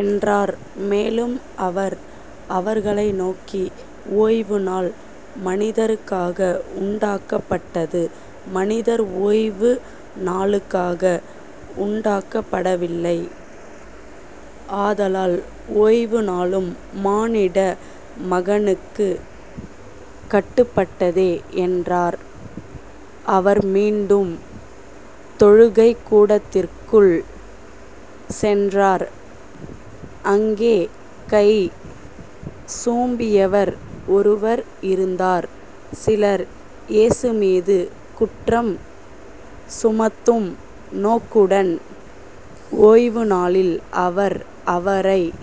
என்றார். மேலும் அவர் அவர்களை நோக்கி ஓய்வுநாள் மனிதருக்காக உண்டாக்கப்பட்டது மனிதர் ஓய்வு நாளுக்காக உண்டாக்கப்படவில்லை. ஆதலால் ஓய்வு நாளும் மானிட மகனுக்குக் கட்டுப்பட்டதே என்றார். அவர் மீண்டும் தொழுகைக்கூடத்திற்குள் சென்றார். அங்கே கை சூம்பியவர் ஒருவர் இருந்தார். சிலர் இயேசுமீது குற்றம் சுமத்தும் நோக்குடன் ஓய்வுநாளில் அவர் அவரைக்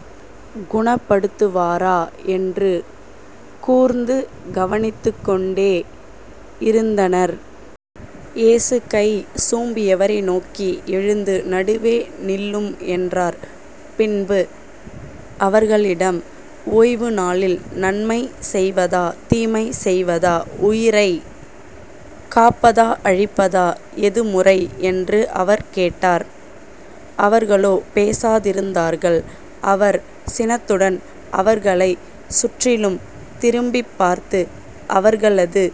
குணப்படுத்துவாரா என்று கூர்ந்து கவனித்துக்கொண்டே இருந்தனர். இயேசு கை சூம்பியவரை நோக்கி எழுந்து நடுவே நில்லும் என்றார். பின்பு அவர்களிடம் ஓய்வுநாளில் நன்மை செய்வதா தீமை செய்வதா? உயிரைக் காப்பதா அழிப்பதா? எது முறை? என்று அவர் கேட்டார். அவர்களோ பேசாதிருந்தார்கள். அவர் சினத்துடன் அவர்களைச் சுற்றிலும் திரும்பிப் பார்த்து அவர்களது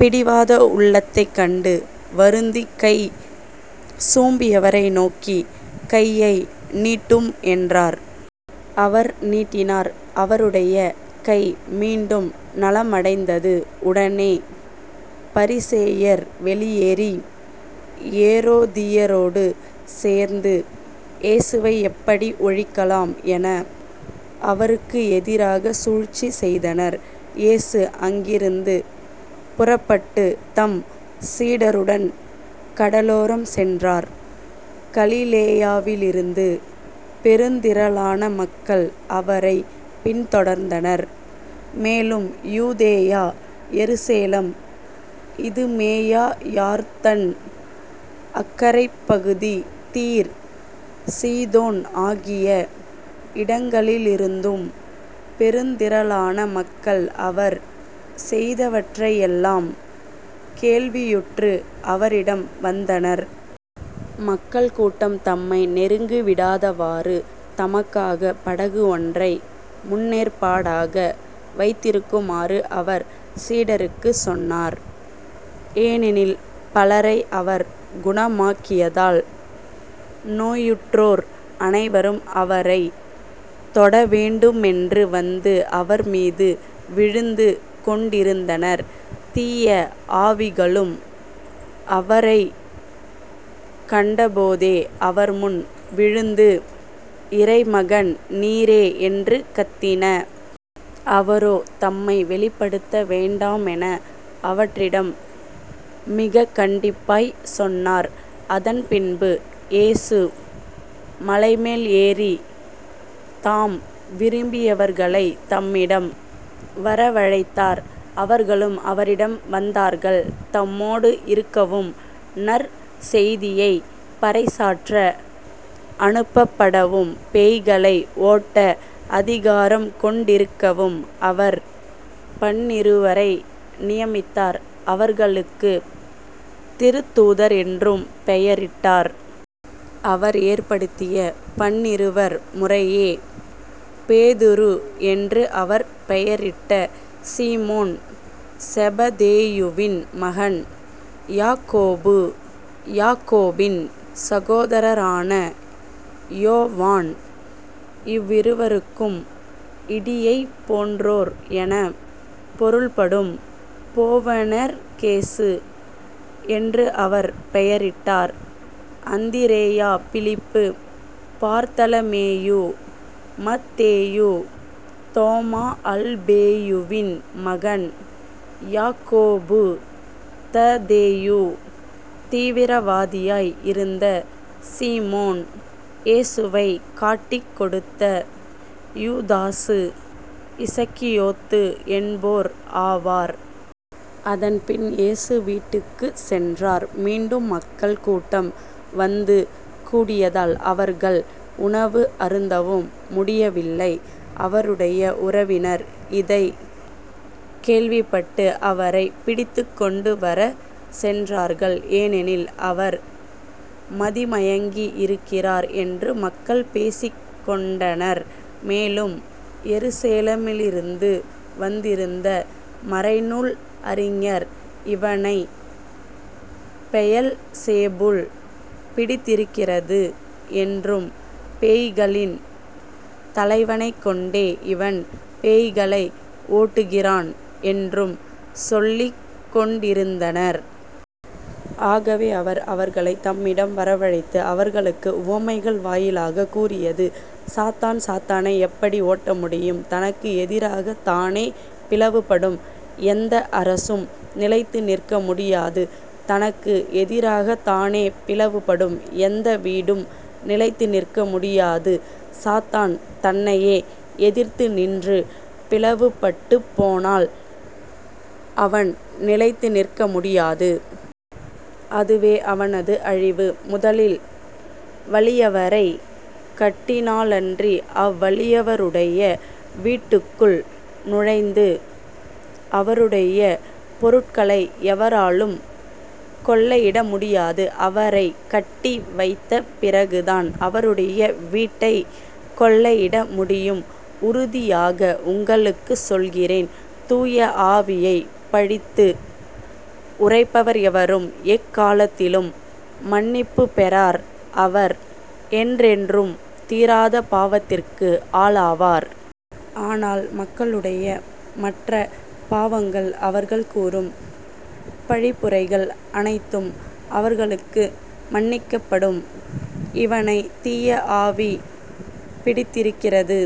பிடிவாத உள்ளத்தைக் கண்டு வருந்தி கை சூம்பியவரை நோக்கி கையை நீட்டும் என்றார். அவர் நீட்டினார். அவருடைய கை மீண்டும் நலமடைந்தது. உடனே பரிசேயர் வெளியேறி ஏரோதியரோடு சேர்ந்து இயேசுவை எப்படி ஒழிக்கலாம் என அவருக்கு எதிராகச் சூழ்ச்சி செய்தனர். இயேசு அங்கிருந்து புறப்பட்டுத் தம் சீடருடன் கடலோரம் சென்றார். கலிலேயாவிலிருந்து பெருந்திரளான மக்கள் அவரைப் பின்தொடர்ந்தனர். மேலும் யூதேயா எருசலேம் இதுமேயா யோர்தான் அக்கரைப்பகுதி தீர் சீதோன் ஆகிய இடங்களிலிருந்தும் பெருந்திரளான மக்கள் அவர் செய்தவற்றையெல்லாம் கேள்வியுற்று அவரிடம் வந்தனர். மக்கள் கூட்டம் தம்மை நெருக்கிவிடாதவாறு தமக்காகப் படகு ஒன்றை முன்னேற்பாடாக வைத்திருக்குமாறு அவர் சீடருக்குச் சொன்னார். ஏனெனில் பலரை அவர் குணமாக்கியதால் நோயுற்றோர் அனைவரும் அவரைத் தொடவேண்டுமென்று வந்து அவர்மீது விழுந்து கொண்டிருந்தனர். தீய ஆவிகளும் அவரைக் கண்டபோதே அவர்முன் விழுந்து இறைமகன் நீரே என்று கத்தின. அவரோ தம்மை வெளிப்படுத்த வேண்டாமென அவற்றிடம் மிகக் கண்டிப்பாய்ச் சொன்னார். அதன்பின்பு இயேசு மலைமேல் ஏறித் தாம் விரும்பியவர்களைத் தம்மிடம் வரவழைத்தார். அவர்களும் அவரிடம் வந்தார்கள். தம்மோடு இருக்கவும் நற்செய்தியைப் பறைசாற்ற அனுப்பப்படவும் பேய்களை ஓட்ட அதிகாரம் கொண்டிருக்கவும் அவர் பன்னிருவரை நியமித்தார் அவர்களுக்குத் திருத்தூதர் என்றும் பெயரிட்டார். அவர் ஏற்படுத்திய பன்னிருவர் முறையே பேதுரு என்று அவர் பெயரிட்ட சீமோன் செபதேயுவின் மகன் யாக்கோபு யாக்கோபின் சகோதரரான யோவான் இவ்விருவருக்கும் இடியைப் போன்றோர் எனப் பொருள்படும் பொவனேர்கேசு என்று அவர் பெயரிட்டார். அந்திரேயா பிலிப்பு பர்த்தலமேயு மத்தேயு தோமா அல்பேயுவின் மகன் யாக்கோபு ததேயு தீவிரவாதியாய் இருந்த சீமோன் இயேசுவைக் காட்டிக் கொடுத்த யூதாசு இஸகியோத்து என்போர் ஆவர். அதன்பின் இயேசு வீட்டிற்குச் சென்றார். மீண்டும் மக்கள் கூட்டம் வந்து கூடியதால் அவர்கள் உணவு அருந்தவும் முடியவில்லை. அவருடைய உறவினர் இதைக் கேள்விப்பட்டு அவரைப் பிடித்துக்கொண்டுவரச் சென்றார்கள். ஏனெனில் அவர் மதிமயங்கி இருக்கிறார் என்று மக்கள் பேசிக் கொண்டனர். மேலும் எருசலேமிலிருந்து வந்திருந்த மறைநூல் அறிஞர் இவனைப் பெயல்செபூல் பிடித்திருக்கிறது என்றும் பேய்களின் தலைவனைக் கொண்டே இவன் பேய்களை ஓட்டுகிறான் என்றும் சொல்லிக் கொண்டிருந்தனர். ஆகவே அவர் அவர்களைத் தம்மிடம் வரவழைத்து அவர்களுக்கு உவமைகள் வாயிலாகக் கூறியது சாத்தான் சாத்தானை எப்படி ஓட்ட முடியும்? தனக்கு எதிராகத் தானே பிளவுபடும் எந்த அரசும் நிலைத்து நிற்க முடியாது. தனக்கு எதிராகத் தானே பிளவுபடும் எந்த வீடும் நிலைத்து நிற்க முடியாது. சாத்தான் தன்னையே எதிர்த்து நின்று பிளவுபட்டுப் போனால் அவன் நிலைத்து நிற்க முடியாது. அதுவே அவனது அழிவு. முதலில் வலியவரைக் கட்டினாலன்றி அவ்வலியவருடைய வீட்டுக்குள் நுழைந்து அவருடைய பொருள்களை எவராலும் கொள்ளையிட முடியாது அவரைக் கட்டி வைத்த பிறகுதான் அவருடைய வீட்டைக் கொள்ளையிட முடியும். உறுதியாக உங்களுக்குச் சொல்கிறேன். தூய ஆவியைப் பழித்து உரைப்பவர் எவரும் எக்காலத்திலும் மன்னிப்புப்பெறார் அவர் என்றென்றும் தீராத பாவத்திற்கு ஆளாவார். ஆனால் மக்களுடைய மற்றப் பாவங்கள் அவர்கள் கூறும் பழிப்புரைகள் அனைத்தும் அவர்களுக்கு மன்னிக்கப்படும். இவனைத் தீய ஆவி பிடித்திருக்கிறது